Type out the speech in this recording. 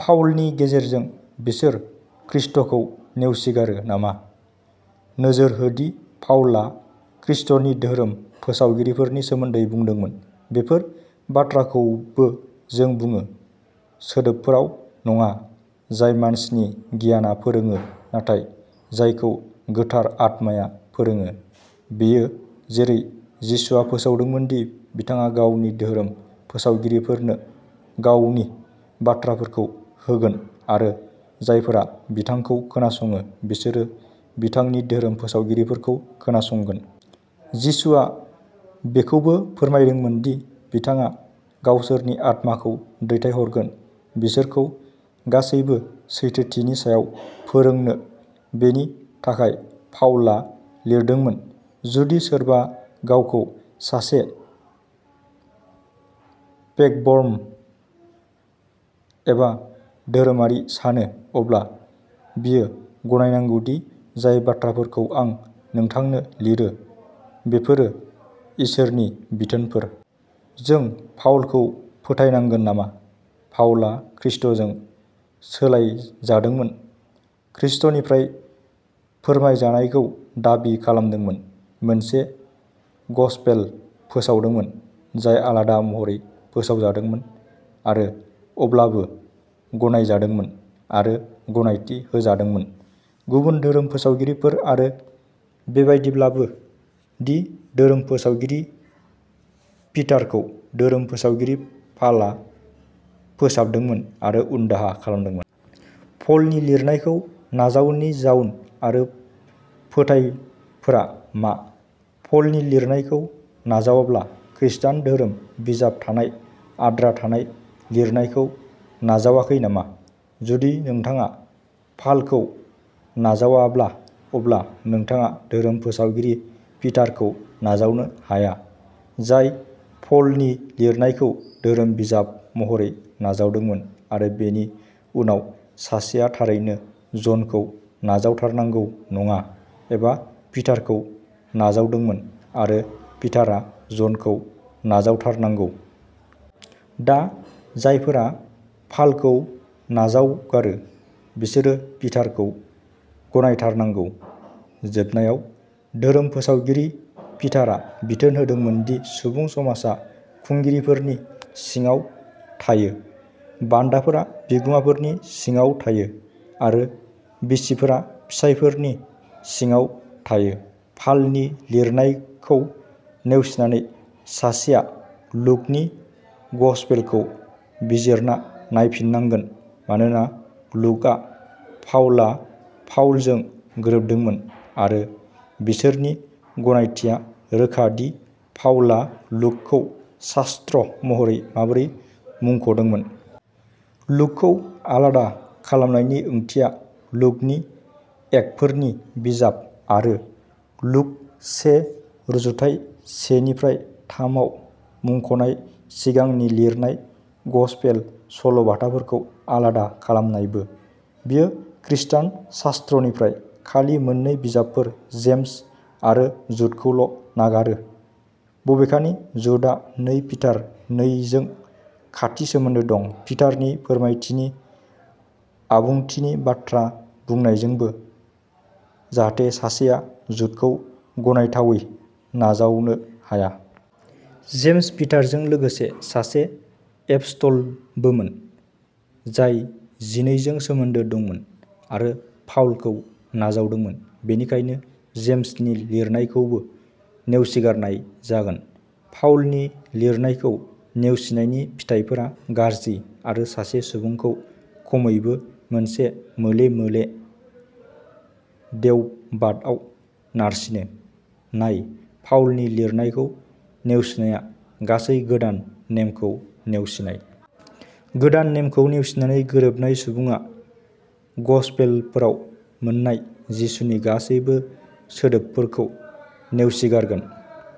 पाउलनि गेजेरजों बिसोर खृष्टखौ नेवसिगारो नामा? नोजोर हो दि पाउला खृष्टनि धोरोम फोसावगिरिफोरनि सोमोन्दै बुंदोंमोन, "बेफोर बाथ्राफोरखौबो जों बुङो, सोदोबफोराव नङा जाय मानसिनि गियानआ फोरोङो नाथाय जायखौ गोथार आत्माया फोरोङो।" बेयो जेरै जिसुआ फोसावदोंमोन दि बिथाङा गावनि धोरोम फोसावगिरिफोरनो गावनि बाथ्राफोरखौ होगोन आरो जायफोरा बिथांखौ खोनासङो बिसोरो बिथांनि धोरोम फोसावगिरिफोरखौ खोनासंगोन। जिसुआ बेखौबो फोरमायदोंमोन दि बिथाङा गावसोरनि आत्माखौ दैथायहरगोन बिसोरखौ गासैबो सैथोथिनि सायाव फोरोंनो। बेनि थाखाय पाउला लिरदोंमोन, "जुदि सोरबा गावखौ सासे पैगम्बर एबा धोरोमारि सानो अब्ला बियो गनायनांगौ दि जाय बाथ्राफोरखौ आं नोंथांनो लिरो बेफोरो इसोरनि बिथोनफोर।" जों पाउलखौ फोथायनांगोन नामा? पाउलआ खृष्टजों सोलायजादोंमोन, खृष्टनिफ्राय फोरमायजानायखौ दाबि खालामदोंमोन, मोनसे गसपेल फोसावदोंमोन जाय आलादा महरै फोसावजादोंमोन आरो अब्लाबो गनायजादोंमोन आरो गनायथि होजादोंमोन गुबुन धोरोम फोसावगिरिफोर आरो बेबायदिब्लाबो दि धोरोम फोसावगिरि पिटारखौ धोरोम फोसावगिरि पालआ फोसाबदोंमोन आरो उनदाहा खालामदोंमोन। पलनि लिरनायखौ नाजावैनि जाउन आरो फिथायफोरा मा? पलनि लिरनायखौ नाजावाब्ला खृष्टान धोरोम बिजाबाव थानाय आद्रा थानाय लिरनायखौ नाजावाखै नामा? जुदि नोंथाङा पालखौ नाजावाब्ला अब्ला नोंथाङा धोरोम फोसावगिरि पिटारखौ नाजावनो हाया, जाय पलनि लिरनायखौ धोरोम बिजाब महरै नाजावदोंमोन आरो बेनि उनाव सासेया थारैनो जनखौ नाजावथारनांगौ नङा, जाय पिटारखौ नाजावदोंमोन आरो पिटारआ जनखौ नाजावथारनांगौ। दा, जायफोरा पालखौ नाजावगारो, बिसोरो पिटारखौ गनायथारनांगौ। जोबनायाव, धोरोम फोसावगिरि पिटारआ बिथोन होदोंमोन दि सुबुं समाजा खुंगिरिफोरनि सिङाव थायो, बान्दाफोरा बिगोमाफोरनि सिङाव थायो आरो बिसिफोरा फिसायफोरनि सिङाव थायो। पालनि लिरनायखौ नेवसिनानै सासेआ लुकनि गसपेलखौ बिजिरना नायफिननांगोन मानोना लुक पाउलआ पाउलजों गोरोबदोंमोन आरो बिसोरनि गनायथिया रोखा दि पाउलआ लुकखौ शास्त्र महरै माबोरै मुंख'दोंमोन। लुकखौ आलादा खालामनायनि ओंथिया लूकनि एक्टफोरनि बिजाब आरो लूक से रुजुथाइ सेनिफ्राय थामआव मुंख'नाय सिगांनि लिरनाय गसपेल सल'बाथाफोरखौ आलादा खालामनायबो। बेयो खृस्टान शास्त्रनिफ्राय खालि मोन्नै बिजाबफोर, जेम्स आरो जुडखौल' नागारो। बबेखानि, जुडआ नै पिटार नै जों खाथि सोमोन्दो दं, पिटारनि फोरमायथिनि आबुंथिनि बाथ्रा बुंनायजोंबो, जाहाथे सासेया जुडखौ गनायथावै नाजावनो हाया। जेम्सआ पिटारजों लोगोसे सासे एपस्टलबोमोन, जाय जिनैजों सोमोन्दो दंमोन आरो पाउलखौ नाजावदोंमोन, बेनिखायनो जेम्सनि लिरनायखौबो नेवसिगारनाय जागोन। पाउलनि लिरनायखौ नेवसिनायनि फिथाइफोरा गाज्रि आरो सासे सुबुंखौ खमैबो मोनसे मोले-मोले देवबादआव नारसिनो। नाय, पाउलनि लिरनायखौ नेवसिनाया गासै गोदान नेमखौ नेवसिनाय। गोदान नेमखौ नेवसिनानै, गोरोबनाय सुबुङा गस्पेलफोराव मोन्नाय जिसुनि गासैबो सोदोबफोरखौ नेवसिगारगोन।